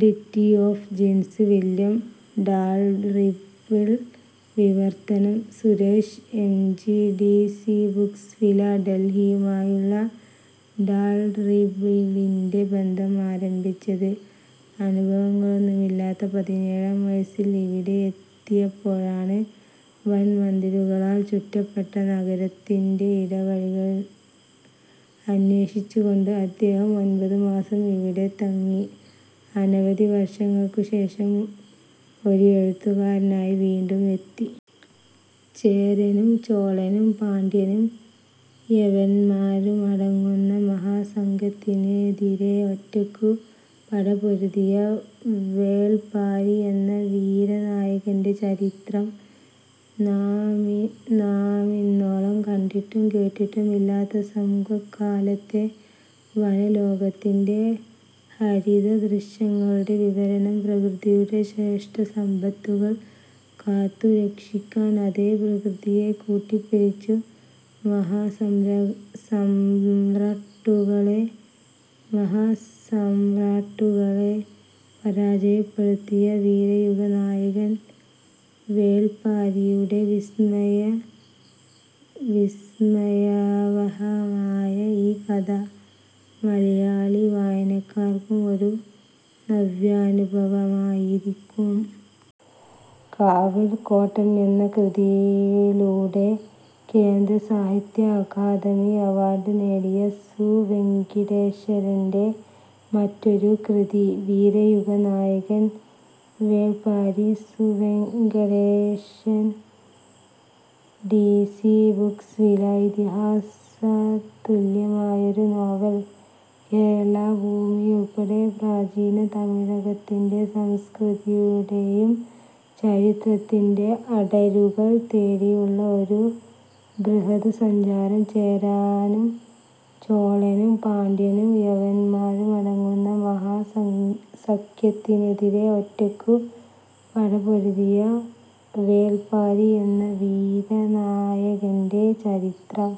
City of Djinns William Dalrymple വിവർത്തനം: Suresh M. G D C Books വില: ഡൽഹിയുമായുള്ള ഡാൽറിമ്പിളിന്റെ ബന്ധം ആരംഭിച്ചത്, അനുഭവങ്ങളൊന്നുമില്ലാത്ത പതിനേഴാം വയസ്സിൽ ഇവിെട എത്തിയപ്പോഴാണ്. വൻമതിലുകളാൽ ചുറ്റപ്പെട്ട നഗരത്തിന്റ് ഇടവഴികൾ അന്വേഷിച്ചുകൊണ്ട് അദ്ദേഹം ഒൻപത് മാസം ഇവിടെ തങ്ങി. അനവധി വർഷങ്ങൾക്കു ശേഷം, ഒരു എഴുത്തുകാരനായി വീണ്ടും എത്തി. ചേരനും ചോളനും പാണ്ഡ്യനും യവനന്മാരുമടങ്ങുന്ന മഹാസഖ്യത്തിനെതിരേ ഒറ്റയ്ക്കു പടപൊരുതിയ വേൾപാരി എന്ന വീരനായകന്റെ ചരിതം. നാമിന്നോളം കണ്ടിട്ടും കേട്ടിട്ടുമില്ലാത്ത സംഘകാലത്തെ വനലോകത്തിന്റെ ഹരിതദൃശ്യങ്ങളുടെ വിവരണം. പ്രകൃതിയുടെ ശ്രേഷ്ഠസമ്പത്തുകൾ കാത്തുരക്ഷിക്കാൻ, അതേ പ്രകൃതിയെ കൂട്ടുപിടിച്ച് മഹാസമ്രാട്ടുകളെ പരാജയപ്പെടുത്തിയ വീരയുഗനായകൻ വേൾപാരിയുടെ വിസ്മയാവഹമായ ഈ കഥ മലയാളിവായനക്കാർക്കും ഒരു നവ്യാനുഭവമായിരിക്കും. കാവൽക്കോട്ടം എന്ന കൃതിയിലൂടെ കേന്ദ്രസാഹിത്യ അക്കാദമി അവാർഡ് നേടിയ സു. വെങ്കിടേശന്റെ മറ്റൊരു കൃതി വീരയുഗനായകൻ Velpari – Su. Venkatesan D C Books വില: ഇതിഹാസതുല്യമായൊരു നോവൽ. കേരളഭൂമിയുൾപ്പെടുന്ന പ്രാചീന തമിഴകത്തിന്റെ സംസ്കൃതിയുടെയും ചരിത്രത്തിന്റെയും അടരുകൾ തേടിയുള്ള ഒരു ബൃഹദ്സഞ്ചാരം. ചേരനും ചോളനും പാണ്ഡ്യനും യവനന്മാരുമടങ്ങുന്ന മഹാസഖ്യത്തിനെതിരേ ഒറ്റയ്ക്കു പടപൊരുതിയ വേൾപാരി എന്ന വീരനായകന്റെ ചരിതം.